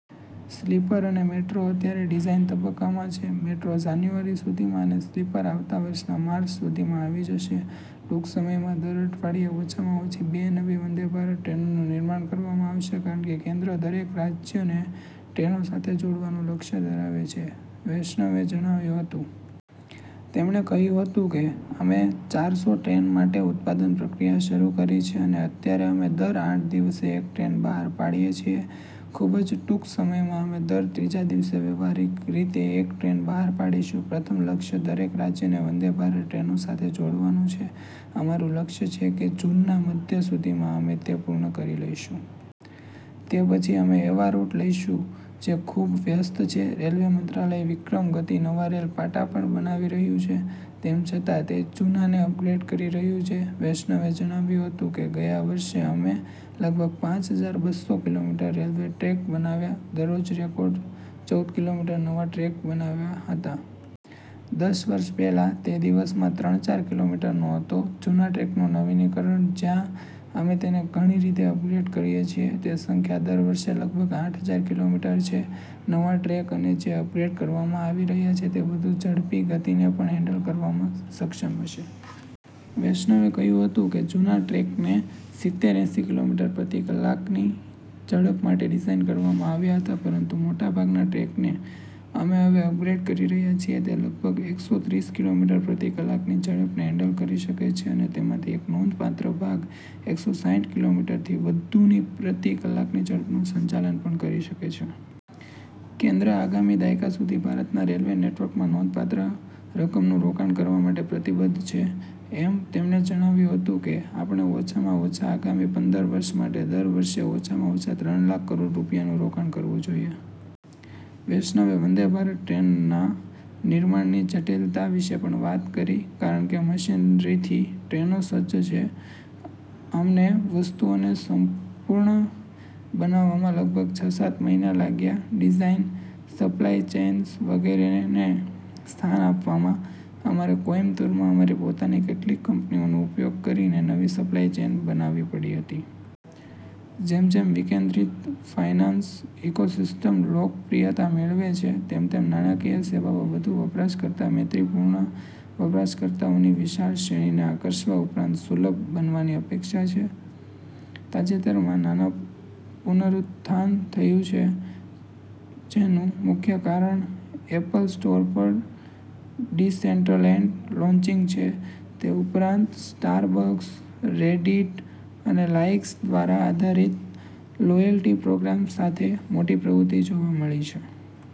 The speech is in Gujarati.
સ્લીપર અને મેટ્રો અત્યારે ડિઝાઇન તબક્કામાં છે. મેટ્રો જાન્યુઆરી સુધીમાં અને સ્લીપર આવતા વર્ષના માર્ચ સુધીમાં આવી જશે. ટૂંક સમયમાં, દર અઠવાડિયે ઓછામાં ઓછી બે નવી વંદે ભારત ટ્રેનોનું નિર્માણ કરવામાં આવશે કારણ કે કેન્દ્ર દરેક રાજ્યને ટ્રેનો સાથે જોડવાનું લક્ષ્ય ધરાવે છે, વૈષ્ણવે જણાવ્યું હતું. તેમણે કહ્યું હતું કે, "અમે ચારસો ટ્રેનો માટે ઉત્પાદન પ્રક્રિયા શરૂ કરી છે અને અત્યારે અમે દર આઠ દિવસે એક ટ્રેન બહાર પાડીએ છીએ. ખૂબ જ ટૂંક સમયમાં અમે દર ત્રીજા દિવસે વ્યવહારીક રીતે એક ટ્રેન બહાર પાડીશું, પ્રથમ લક્ષ્ય દરેક રાજ્યને વંદે ભારત ટ્રેનો સાથે જોડવાનું છે, અમારું લક્ષ્ય છે કે જૂનના મધ્ય સુધીમાં અમે તે પૂર્ણ કરી લઈશું. તે પછી અમે એવા રૂટ લઈશું જે ખૂબ વ્યસ્ત છે. " રેલ્વે મંત્રાલય વિક્રમ ગતિ નવા રેલ પાટા પણ બનાવી રહ્યું છે, તેમ છતાં તે જૂનાને અપગ્રેડ કરી રહ્યું છે, વૈષ્ણવે જણાવ્યું હતું કે, "ગયા વર્ષે, અમે લગભગ પાંચ હજાર બસ્સો કિલોમીટર રેલ્વે ટ્રેક બનાવ્યા, દરરોજ રેકોર્ડ ચૌદ કિલોમીટર નવા ટ્રેક બનાવ્યા હતા. દસ વર્ષ પહેલાં, તે દિવસમાં ત્રણ-ચાર કિલોમીટરનો હતો, જૂના ટ્રેકનું નવીકરણ, જ્યાં અમે તેને ઘણી રીતે અપગ્રેડ કરીએ છીએ, તે સંખ્યા દર વર્ષે લગભગ આઠ હજાર કિલોમીટર છે. " નવા ટ્રેક અને જે અપગ્રેડ કરવામાં આવી રહ્યા છે તે વધુ ઝડપી ગતિને પણ હેન્ડલ કરવામાં સક્ષમ હશે. વૈષ્ણવે કહ્યું હતું કે, "જૂના ટ્રેકને સિત્તેર-એંસી કિલોમીટર પ્રતિ કલાકની ઝડપ માટે ડિઝાઇન કરવામાં આવ્યા હતા, પરંતુ મોટા ભાગના ટ્રેકને અમે હવે અપગ્રેડ કરી રહ્યા છીએ, તે લગભગ એકસો ત્રીસ કિલોમીટર પ્રતિ કલાકની ઝડપને હેન્ડલ કરી શકે છે અને તેમાંથી એક નોંધપાત્ર ભાગ એકસો સાઈઠ કિલોમીટરથી વધુની પ્રતિ કલાકની ઝડપનું સંચાલન પણ કરી શકે છે. કેન્દ્ર આગામી દાયકા સુધી ભારતના રેલ નેટવર્કમાં નોંધપાત્ર રકમનું રોકાણ કરવા માટે પ્રતિબદ્ધ છે, એમ તેમણે જણાવ્યું હતું કે, "આપણે ઓછામાં ઓછા આગામી પંદર વર્ષ માટે દર વર્ષે ઓછામાં ઓછા ત્રણ લાખ કરોડ રૂપિયાનું રોકાણ કરવું જોઈએ. " વૈષ્ણવે વંદે ભારત ટ્રેનોના નિર્માણની જટિલતા વિશે પણ વાત કરી, કારણ કે મશીનરીથી ટ્રેનો સજ્જ છે. "અમને વસ્તુઓને સંપૂર્ણ બનાવવામાં લગભગ છ-સાત મહિના લાગ્યા, ડિઝાઇન, સપ્લાય ચેઇન્સ વગેરેને સ્થાન આપવામાં, અમારે કોઇમ્બતુરમાં અમારી પોતાની કેટલીક કંપનીઓનો ઉપયોગ કરીને નવી સપ્લાય ચેઇન બનાવવી પડી હતી. જેમ જેમ વિકેન્દ્રિત ફાઇનાન્સ ઇકોસિસ્ટમ લોકપ્રિયતા મેળવે છે, તેમ તેમ નાણાકીય સેવાઓ વધુ વપરાશકર્તા-મૈત્રીપૂર્ણ, વપરાશકર્તાઓની વિશાળ શ્રેણીને આકર્ષવા ઉપરાંત સુલભ બનવાની અપેક્ષા છે. " તાજેતરમાં નાના પુનરુત્થાન થયું છે જેનું મુખ્ય કારણ એપલ સ્ટોર પર ડીસેન્ટ્રલેન્ડ લોન્ચિંગ છે, તે ઉપરાંત સ્ટારબક્સ, રેડિટ અને લાઇક્સ દ્વારા -આધારિત લોયલ્ટી પ્રોગ્રામ્સ સાથે મોટી પ્રવૃત્તિ જોવા મળી છે.